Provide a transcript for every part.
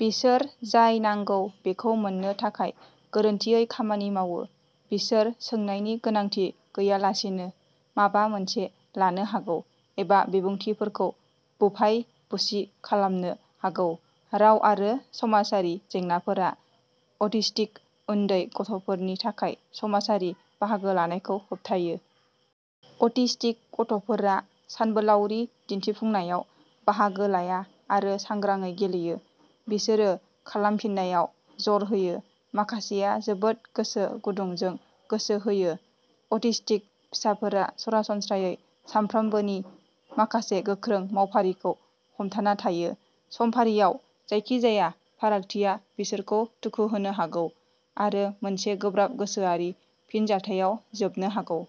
बिसोर जाय नांगौ बेखौ मोननो थाखाय गोरोन्थियै खामानि मावो। बिसोर सोंनायनि गोनांथि गैयालासेनो माबा मोनसे लानो हागौ एबा बिबुंथिफोरखौ बुफाय बुसि खालामनो हागौ। राव आरो समाजारि जेंनाफोरा अटिस्टिक उन्दै गथ'फोरनि थाखाय समाजारि बाहागो लानायखौ होबथायो। अटिस्टिक गथ'फोरा सानबोलावरि दिन्थिफुंनायाव बाहागो लाया आरो सांग्राङै गेलेयो। बिसोरो खालामफिननायाव जर होयो। माखासेया जोबोद गोसो गुदुंजों गोसो होयो। अटिस्टिक फिसाफोरा सरासनस्रायै सानफ्रोमबोनि माखासे गोख्रों मावफारिखौ हमथाना थायो। समफारियाव जायखिजाया फारागथिया बिसोरखौ दुखु होनो हागौ आरो मोनसे गोब्राब गोसोआरि फिनजाथायाव जोबनो हागौ।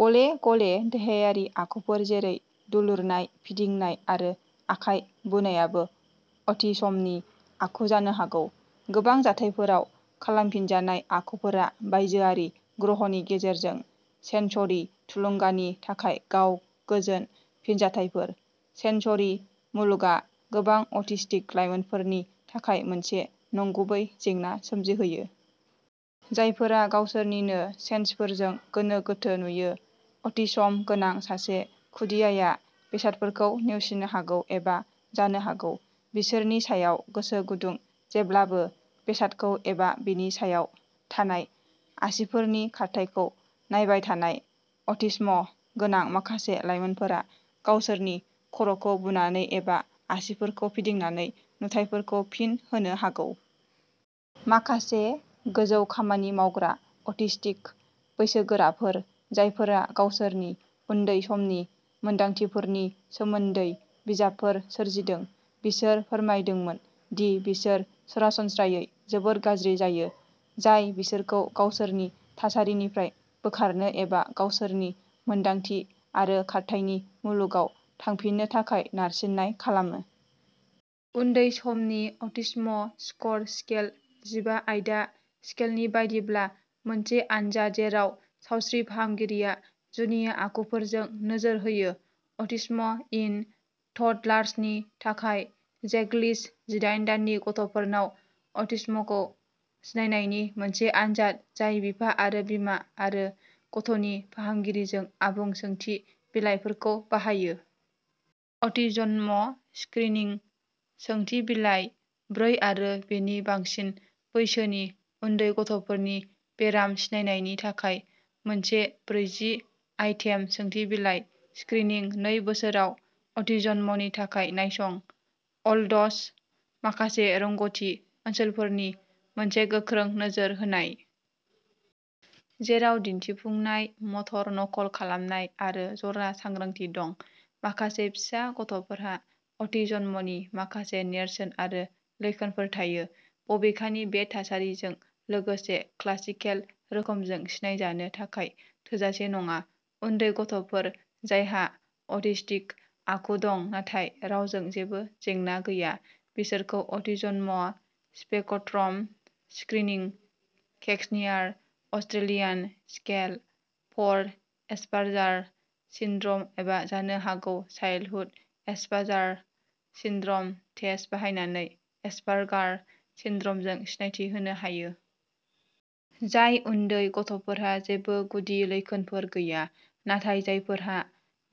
गले-गले देहायारि आखुफोर जेरै दुलुरनाय, फिदिंनाय, आरो आखाइ बुनायाबो अटिसमनि आखु जानो हागौ। गोबां जाथायफोराव खालामफिनजानाय आखुफोरा बायजोआरि ग्रहनि गेजेरजों सेन्सरि थुलुंगानि थाखाय गाव गोजोन फिनजाथायफोर। सेन्सरि मुलुगआ गोबां अटिस्टिक लाइमोनफोरनि थाखाय मोनसे नंगुबै जेंना सोमजिहोयो। जायफोरा गावसोरनिनो सेन्सफोरजों गोनो-गोथो नुयो। अटिसम गोनां सासे खुदियाया बेसादफोरखौ नेवसिनो हागौ एबा जानो हागौ। बिसोरनि सायाव गोसो गुदुं जेब्लाबो बेसादखौ एबा बिनि सायाव थानाय आसिफोरनि खारथायखौ नायबाय थानाय। अटिस्म गोनां माखासे लाइमोनफोरा गावसोरनि खर'खौ बुनानै एबा आसिफोरखौ फिदिंनानै नुथाइफोरखौ फिन होनो हागौ। माखासे गोजौ खामानि मावग्रा अटिस्टिक बैसोगोराफोर जायफोरा गावसोरनि उन्दै समनि मोनदांथिफोरनि सोमोन्दै बिजाबफोर सोरजिदों। बिसोर फोरमायदोंमोन दि बिसोर सरासनस्रायै जोबोद गाज्रि जायो। जाय बिसोरखौ गावसोरनि थासारिनिफ्राय बोखारनो एबा गावसोरनि मोन्दांथि आरो खारथायनि मुलुगाव थांफिननो थाखाय नारसिननाय खालामो। उन्दै समनि अटिस्म स्कर स्केल जिबा आयदा स्केलनि बायदिब्ला मोनसे आनजाद जेराव सावस्रि फाहामगिरिया जुनिया आखुफोरजों नोजोर होयो। अटिस्म इन टडलार्सनि थाखाय चेकलिस्ट जिदाइन दाननि गथ'फोरनाव अटिस्मखौ सिनायनायनि मोनसे आनजाद जाय बिफा आरो बिमा आरो गथ'नि फाहामगिरिजों आबुं सोंथि बिलाइफोरखौ बाहायो। अटिज्म स्क्रिनिं सोंथि बिलाइ ब्रै आरो बेनि बांसिन बैसोनि उन्दै गथ'फोरनि बेराम सिनायनायनि थाखाय मोनसे ब्रैजि आइटेम सोंथि बिलाइ। स्क्रिनिं नै बोसोराव अटिज्मनि थाखाय नायसं। अल्ड्स माखासे रोंग'थि ओनसोलफोरनि मोनसे गोख्रै नोजोर होनाय। जेराव दिन्थिफुंनाय, मटर नकल खालामनाय, आरो जरा सांग्रांथि दं। माखासे फिसा गथ'फोरहा अटिज्मनि माखासे नेरसोन आरो लैखोनफोर थायो। बबेखानि बे थासारिजों लोगोसे क्लासिकेल रोखोमजों सिनायजानो थाखाय थोजासे नङा। उन्दै गथ'फोर जायहा अटिस्टिक आखु दं नाथाय रावजों जेबो जेंना गैया बिसोरखौ autism spectrum screening questionnaire, Australian scale for Asperger syndrome एबा जानो हागौ चाइल्डहुड एस्पारजार सिनड्रम टेस्ट बाहायनानै एस्पारगार सिनड्रमजों सिनायथि होनो हायो। जाय उन्दै गथ'फोरहा जेबो गुदि लैखोनफोर गैया नाथाय जायफोरा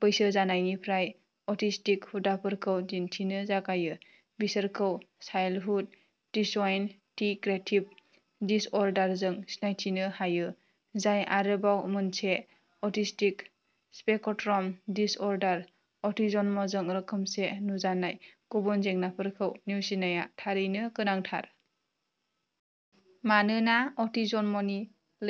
बैसो जानायनिफ्राय अटिस्टिक हुदाफोरखौ दिन्थिनो जागायो बिसोरखौ चाइल्डहुड डिसइन्टिग्रेटिभ डिसअर्डार जों सिनायथिनो हायो। जाय आरोबाव मोनसे अटिस्टिक स्पेक्ट्रम डिसअर्डार। अटिज्मजों रोखोमसे नुजानाय गुबुन जेंनाफोरखौ नेवसिनाया थारैनो गोनांथार। मानोना अटिज्मनि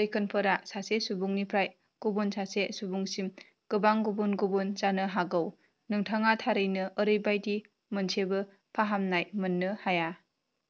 लैखोनफोरा सासे सुबुंनिफ्राय गुबुन सासे सुबुंसिम गोबां गुबुन-गुबुन जानो हागौ। नोंथाङा थारैनो ओरैबायदि मोनसेबो फाहामनाय मोननो हाया।